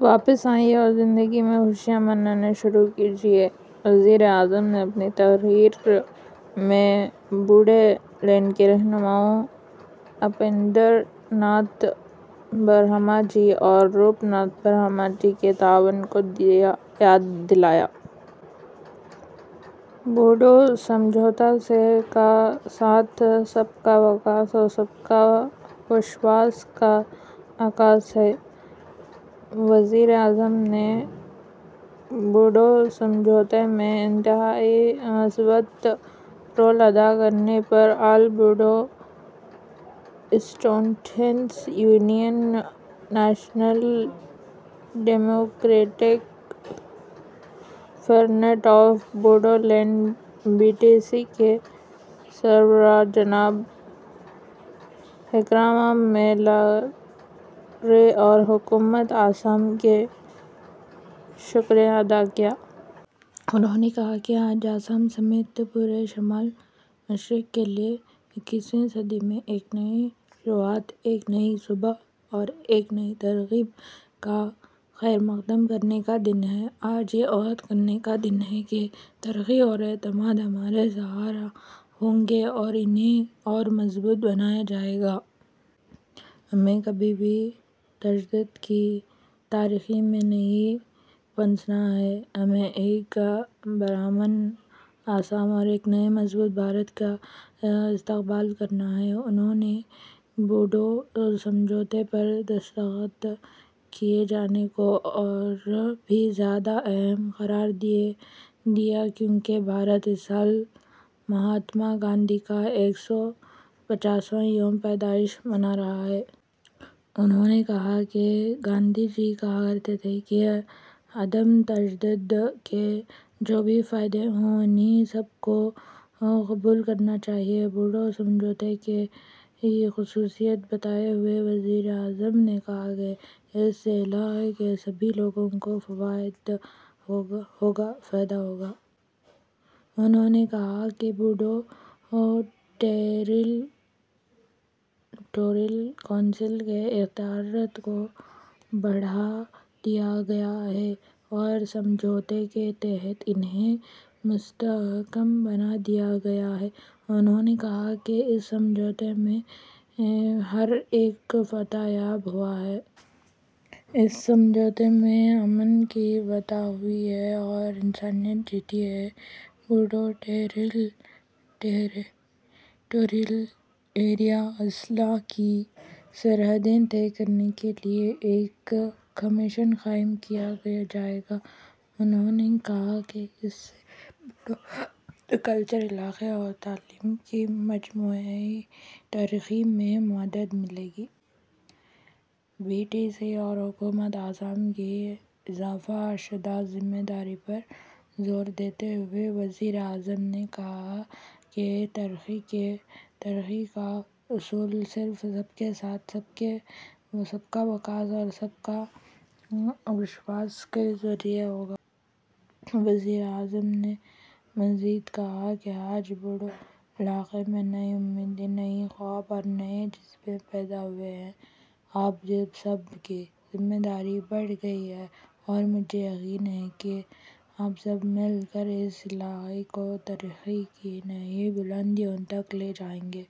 واپس آئیے اور زندگی میں خوشیاں منانا شروع کیجیے۔ وزیر اعظم نے اپنی تقریر میں بوڈو لینڈ کے رہنماؤں اپیندر ناتھ برہما جی اور روپ ناتھ برہما جی کے تعاون کو یاد دلایا۔ بوڈو سمجھوتہ سب کا ساتھ، سب کا وکاس اور سب کا وشواس کا عکاس ہے۔ وزیر اعظم نے بوڈو سمجھوتے میں انتہائی مثبت رول ادا کرنے پر آل Bodo students union, national democratic front of Bodoland, B T C کے سربراہ جناب ہگراما مہیلارے اور حکومت آسام کا شکریہ ادا کیا۔ انہوں نے کہا کہ آج آسام سمیت پورے شمال مشرق کے لیے اکیسویں صدی میں ایک نئی شروعات، ایک نئی صبح اور ایک نئی ترغیب کا خیر مقدم کرنے کا دن ہے۔ آج یہ عہد کرنے کا دن ہے کہ ترقی اور اعتماد ہمارا سہارا ہوں گے اور انہیں اور مضبوط بنایا جائے گا۔ ہمیں کبھی بھی تشدد کی تاریکی میں نہیں پھنسنا ہے۔ ہمیں ایک پرامن آسام اور ایک نئے مضبوط بھارت کا استقبال کرنا ہے۔ انہوں نے بوڈو سمجھوتے پر دستخط کیے جانے کو اور بھی زیادہ اہم قرار دیا کیونکہ بھارت اس سال مہاتما گاندھی کا ایک سو پچاسواں یوم پیدائش منا رہا ہے۔ انہوں نے کہا کہ گاندھی جی کہا کرتے تھے کہ عدم تشدد کے جو بھی فائدے ہوں انہیں سب کو قبول کرنا چاہیے۔ بوڈو سمجھوتے کی خصوصیت بتاتے ہوئے وزیر اعظم نے کہا کہ اس سے علاقے کے سبھی لوگوں کو فائدہ ہوگا۔ انہوں نے کہا کہ بوڈو ٹیریٹوریل کونسل کے اختیارات کو بڑھا دیا گیا ہے اور سمجھوتے کے تحت انہیں مستحکم بنا دیا گیا ہے۔ انہوں نے کہا کہ اس سمجھوتے میں ہر ایک فتح یاب ہوا ہے۔ اس سمجھوتے میں امن کی فتح ہوئی ہے اور انسانیت جیتی ہے۔ بوڈو ٹیریٹوریل ایریا اضلاع کی سرحدیں طے کرنے کے لیے ایک کمیشن قائم کیا جائے گا۔ انہوں نے کہا کہ اس سے بوڈو کلچر، علاقے اور تعلیم کی مجموعی ترقی میں مدد ملے گی۔ بی ٹی سی اور حکومت آسام کی اضافہ شدہ ذمہ داری پر زور دیتے ہوئے وزیر اعظم نے کہا کہ ترقی کا حصول صرف سب کا ساتھ، سب کا وکاس اور سب کا وشواس کے ذریعہ ہوگا۔ وزیر اعظم نے مزید کہا کہ آج بوڈو علاقے میں نئی امیدیں، نئے خواب اور نئے جذبے پیدا ہوئے ہیں۔ آپ سب کی ذمہ داری بڑھ گئی ہے اور مجھے یقین ہے کہ آپ سب مل کر اس علاقے کو ترقی کی نئی بلندیوں تک لے جائیں گے۔